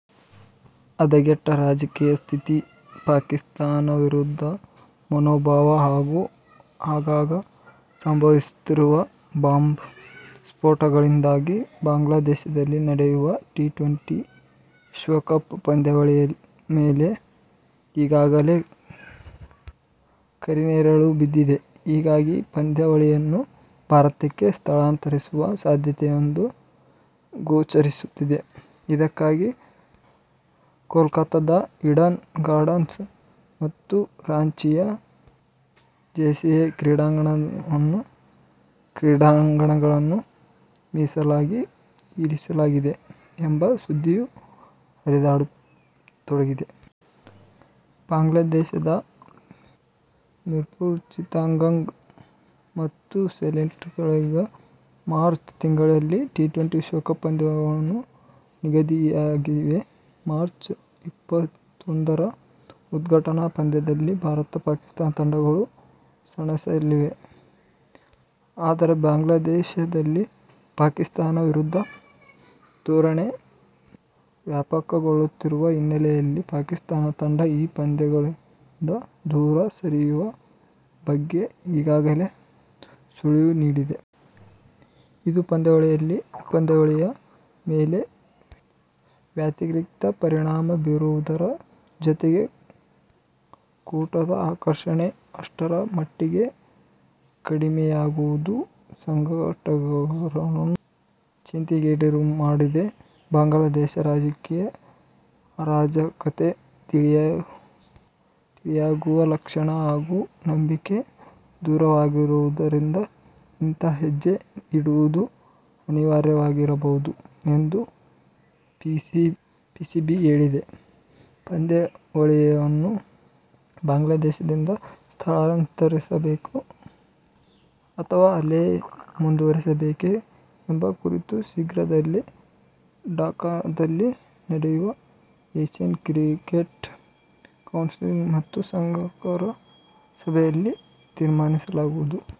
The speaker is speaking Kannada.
ಹದಗೆಟ್ಟ ರಾಜಕೀಯ ಸ್ಥಿತಿ, ಪಾಕಿಸ್ಥಾನ ವಿರೋಧಿ ಮನೋಭಾವ ಹಾಗೂ ಆಗಾಗ ಸಂಭವಿಸುತ್ತಿರುವ ಬಾಂಬ್ ಸ್ಫೋಟಗಳಿಂದಾಗಿ ಬಾಂಗ್ಲಾದೇಶದಲ್ಲಿ ನಡೆಯುವ ಟಿ-ಟ್ವೆಂಟಿ ವಿಶ್ವಕಪ್ ಪಂದ್ಯಾವಳಿಯ ಮೇಲೆ ಈಗಾಗಲೇ ಕರಿನೆರಳು ಬಿದ್ದಿದೆ. ಹೀಗಾಗಿ, ಪಂದ್ಯಾವಳಿಯನ್ನು ಭಾರತಕ್ಕೆ ಸ್ಥಳಾಂತರಿಸುವ ಸಾಧ್ಯತೆಯೊಂದು ಗೋಚರಿಸುತ್ತಿದೆ. ಇದಕ್ಕಾಗಿ ಕೋಲ್ಕತಾದ ಈಡನ್ ಗಾರ್ಡನ್ಸ್ ಮತ್ತು ರಾಂಚಿಯ ಜೆಎಸ್ಸಿಎ ಕ್ರೀಡಾಂಗಣಗಳನ್ನು ಮೀಸಲಾಗಿ ಇರಿಸಲಾಗಿದೆ ಎಂಬ ಸುದ್ದಿಯೂ ಹರಿದಾಡತೊಡಗಿದೆ. ಬಾಂಗ್ಲಾದೇಶದ ಮೀರ್ಪುರ್, ಚಿತ್ತಗಾಂಗ್ ಮತ್ತು ಸಿಲೆಟ್‌ಗಳಲ್ಲಿ ಮಾರ್ಚ್ ತಿಂಗಳಲ್ಲಿ ಟಿ-ಟ್ವೆಂಟಿ ವಿಶ್ವಕಪ್ ಪಂದ್ಯಗಳು ನಿಗದಿಯಾಗಿವೆ. ಮಾರ್ಚ್ ಇಪ್ಪತ್ತೊಂದರ ಉದ್ಘಾಟನಾ ಪಂದ್ಯದಲ್ಲಿ ಭಾರತ-ಪಾಕಿಸ್ಥಾನ ತಂಡಗಳು ಸೆಣಸಲಿವೆ. ಆದರೆ, ಬಾಂಗ್ಲಾದೇಶದಲ್ಲಿ ಪಾಕಿಸ್ಥಾನ ವಿರೋಧಿ ಧೋರಣೆ ವ್ಯಾಪಕಗೊಳ್ಳುತ್ತಿರುವ ಹಿನ್ನೆಲೆಯಲ್ಲಿ ಪಾಕಿಸ್ಥಾನ ತಂಡ ಈ ಪಂದ್ಯಾವಳಿಯಿಂದ ದೂರ ಸರಿಯುವ ಬಗ್ಗೆ ಈಗಾಗಲೇ ಸುಳಿವು ನೀಡಿದೆ. ಇದು ಪಂದ್ಯಾವಳಿಯ ಮೇಲೆ ವ್ಯತಿರಿಕ್ತ ಪರಿಣಾಮ ಬೀರುವುದರ ಜತೆಗೆ ಕೂಟದ ಆಕರ್ಷಣೆ ಅಷ್ಟರ ಮಟ್ಟಿಗೆ ಕಡಿಮೆಯಾಗುವುದು ಸಂಘಟಕರನ್ನು ಚಿಂತೆಗೀಡುಮಾಡಿದೆ. ಬಾಂಗ್ಲಾದೇಶದ ರಾಜಕೀಯ ಅರಾಜಕತೆ ತಿಳಿಯಾಗುವ ಲಕ್ಷಣ ಹಾಗೂ ನಂಬಿಕೆ ದೂರವಾಗಿರುವುದರಿಂದ ಇಂಥ ಹೆಜ್ಜೆ ಇಡುವುದು ಅನಿವಾರ್ಯವಾಗಬಹುದು ಎಂದು ಪಿಸಿಬಿ ಹೇಳಿದೆ. ಪಂದ್ಯಾವಳಿಯನ್ನು ಬಾಂಗ್ಲಾದೇಶದಿಂದ ಸ್ಥಳಾಂತರಿಸಬೇಕೇ ಅಥವಾ ಅಲ್ಲಿಯೇ ಮುಂದುವರಿಸಬೇಕೇ ಎಂಬ ಕುರಿತು ಶೀಘ್ರದಲ್ಲೇ ಢಾಕಾದಲ್ಲಿ ನಡೆಯುವ ಏಶ್ಯನ್ ಕ್ರಿಕೆಟ್ ಕೌನ್ಸಿಲ್ ಮತ್ತು ಸಂಘಟಕರ ಸಭೆಯಲ್ಲಿ ತೀರ್ಮಾನಿಸಲಾಗುವುದು.